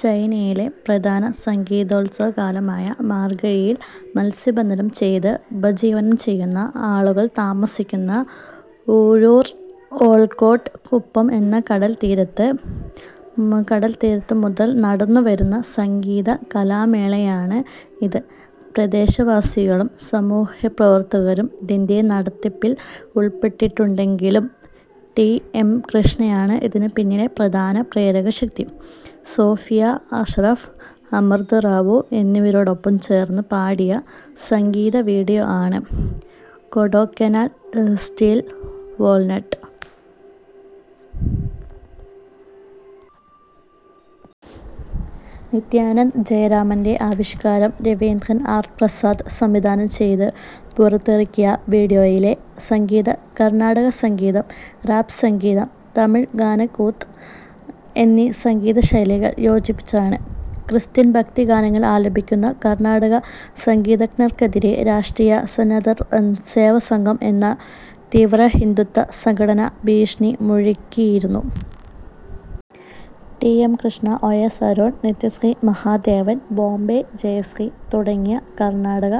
ചെന്നൈയിലെ പ്രധാന സംഗീതോത്സവകാലമായ മാർഗഴിയിൽ മത്സ്യബന്ധനം ചെയ്ത് ഉപജീവനം ചെയ്യുന്ന ആളുകൾ താമസിക്കുന ഊരൂർ-ഓൽക്കോട്ട് കുപ്പം എന്ന കടൽത്തീരത്ത് കടൽത്തീർത്തു മുതൽ നടന്നു വരുന്ന സംഗീത-കലാമേളയാണ് ഇത്. പ്രദേശവാസികളും സാമൂഹ്യപ്രവർത്തകരും ഇതിന്റെ നടത്തിപ്പിൽ ഉൾപ്പെട്ടിട്ടുണ്ടെങ്കിലും ടി. എം. കൃഷ്ണയാണ് ഇതിന് പിന്നിലെ പ്രധാന പ്രേരകശക്തി. സോഫിയ അഷ്റഫ്, അമൃത് റാവു എന്നിവരോടൊപ്പം ചേർന്ന് പാടിയ സംഗീത വീഡിയോ ആണ് "കൊഡൈക്കനാൽ സ്റ്റിൽ വോൻട്". നിത്യാനന്ത് ജയരാമന്റെ ആവിഷ്കാരം രതീന്ദ്രൻ ആർ പ്രസാദ് സംവിധാനം ചെയ്ത് പുറത്തിറക്കിയ വീഡിയോയിലെ സംഗീതം കർണാട സംഗീതം, റാപ് സംഗീതം, തമിഴ് ഗാന കുത്ത് എന്നീ സംഗീത ശൈലികൾ യോജിപ്പിച്ചതാണ്. ക്രിസ്ത്യൻ ഭക്തി ഗാനങ്ങൾ ആലപിക്കുന്ന കർണാടക സംഗീതജ്ഞർക്കെതിരെ രാഷ്ട്രീയ സനാതൻ സേവ സംഘം എന്ന തീവ്രഹിന്ദുത്വ സംഘടന ഭീഷണി മുഴക്കിയിരുന്നു. T. M Krishna, O. S. Arun, Nithyasree Mahadevan, Bombay Jayashri തുടങ്ങിയ കർണാടക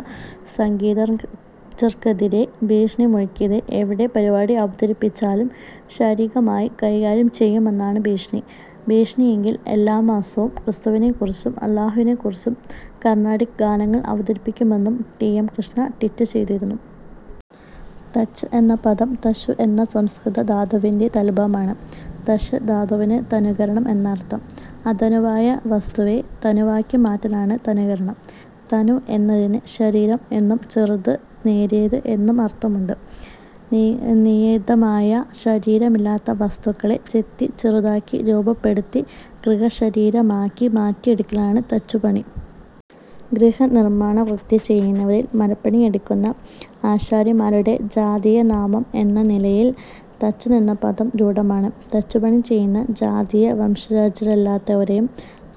സംഗീതഞ്ജർക്കെതിരെയാണ് ഭീഷണി മുഴക്കിയത്. എവിടെ പരിപാടി അവതരിപ്പിച്ചാലും ശാരീികമായി കൈകാര്യം ചെയ്യുമെന്നാണ് ഭീഷണി. ഭീഷണിയെങ്കിൽ, എല്ലാ മാസവും ക്രിസ്തുവിനെക്കുറിച്ചും അല്ലാഹുവിനെക്കുറിച്ചും കർണാട്ടിക്ക് ഗാനങ്ങൾ അവതരിപ്പിക്കുമെന്ന് ടി. എം കൃഷ്ണ ട്വീറ്റ് ചെയ്തിരുന്നു. തച്ച് എന്ന പദം 'തക്ഷു' എന്ന സംസ്കൃത ധാതുവിന്റെ തദ്ഭവമാണ്. തക്ഷ് ധാതുവിന് തനൂകരണം എന്നർഥം. 'അതനു'വായ വസ്തുവെ തനുവാക്കി മാറ്റലാണ് തനൂകരണം. തനു എന്നതിന് ശരീരം എന്നും ചെറുത്, നേരിയത് എന്നും അർത്ഥമുണ്ട്. നിയതമായ ശരീരമില്ലാത്ത വസ്തുക്കളെ ചെത്തി ചെറുതാക്കി രൂപപ്പെടുത്തി ഗൃഹശരീരമാക്കി മാറ്റിയെടുക്കലാണ് തച്ചുപണി. ഗൃഹനിർമ്മാണവൃത്തി ചെയ്യുന്നവരിൽ മരപ്പണിയെടുക്കുന്ന ആശാരിമാരുടെ ജാതീയനാമം എന്ന നിലയിൽ തച്ചൻ എന്ന പദം രൂഢമാണ്. തച്ചുപണി ചെയ്യുന്ന ജാതീയ വംശജരല്ലാത്തവരേയും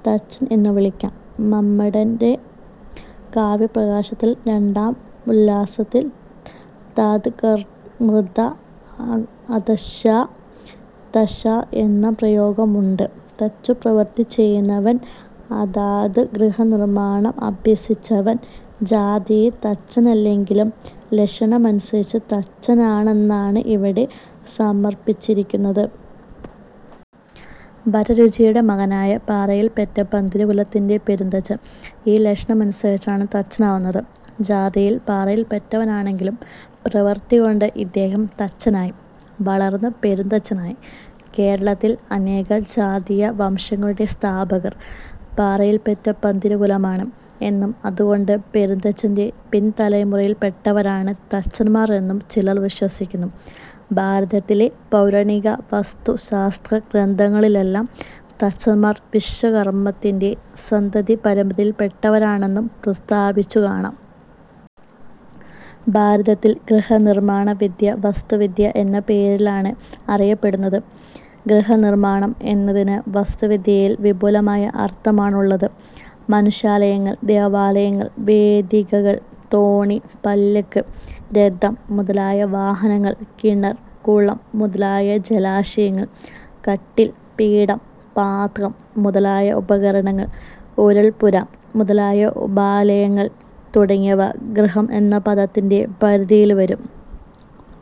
തച്ചൻ എന്നു വിളിക്കാം. മമ്മടന്റെ കാവ്യപ്രകാശത്തിൽ രണ്ടാം ഉല്ലാസത്തിൽ 'താത്കർമ്യാത് അതക്ഷാ തക്ഷാ' എന്നൊരു പ്രയോഗമുണ്ട്. തച്ചുപ്രവൃത്തി ചെയ്യുന്നവൻ അതായത് ഗൃഹനിർമ്മാണം അഭ്യസിച്ചവൻ ജാതിയിൽ തച്ചനല്ലെങ്കിലും ലക്ഷണ അനുസരിച്ച് തച്ചനാണെന്നാണ് ഇവിടെ സമർഥിച്ചിരിക്കുന്നത്. വരരുചിയുടെ മകനായ പറയിപെറ്റ പന്തിരുകുലത്തിലെ പെരുന്തച്ചൻ ഈ ലക്ഷണ അനുസരിച്ചാണ് തച്ചനാകുന്നത്. ജാതിയിൽ പറയിപെറ്റവനാണെങ്കിലും പ്രവൃത്തികൊണ്ട് ഇദ്ദേഹം തച്ചനായി; വളർന്ന് പെരുന്തച്ചനായി. കേരളത്തിൽ അനേക ജാതീയ വംശങ്ങ ളുടെ സ്ഥാപകർ പറയിപെറ്റ പന്തിരുകുലമാണ് എന്നും അതുകൊണ്ട് പെരുന്തച്ചന്റെ പിൻതലമുറയിൽപ്പെട്ടവരാണ് തച്ചന്മാർ എന്നും ചിലർ വിശ്വസിക്കുന്നു. ഭാരതത്തിലെ പൗരാണിക വാസ്തുശാസ്ത്രഗ്രന്ഥങ്ങളിലെല്ലാം തച്ചന്മാർ വിശ്വകർമാവിന്റെ സന്തതിപരമ്പരയിൽപ്പെട്ടവരാണെന്നു പ്രസ്താവിച്ചു കാണാം. ഭാരതത്തിൽ ഗൃഹനിർമ്മാണവിദ്യ വാസ്തുവിദ്യ എന്ന പേരിലാണ് അറിയപ്പെടുന്നത്. ഗൃഹനിർമ്മാണം എന്നതിന് വാസ്തുവിദ്യയിൽ വിപുലമായ അർത്ഥമാണുള്ളത്. മനുഷ്യാലയങ്ങൾ, ദേവാലയങ്ങൾ, വേദികകൾ; തോണി, പല്ലക്ക്, രഥം മുതലായ വാഹനങ്ങൾ; കിണർ, കുളം മുതലായ ജലാശയങ്ങൾ; കട്ടിൽ, പീഠം, പാത്രം മുതലായ ഉപകരണങ്ങൾ; ഉരൽപ്പുര മുതലായ ഉപാലയങ്ങൾ തുടങ്ങിയവ ഗൃഹം എന്ന പദത്തിന്റെ പരിധിയിൽ വരും.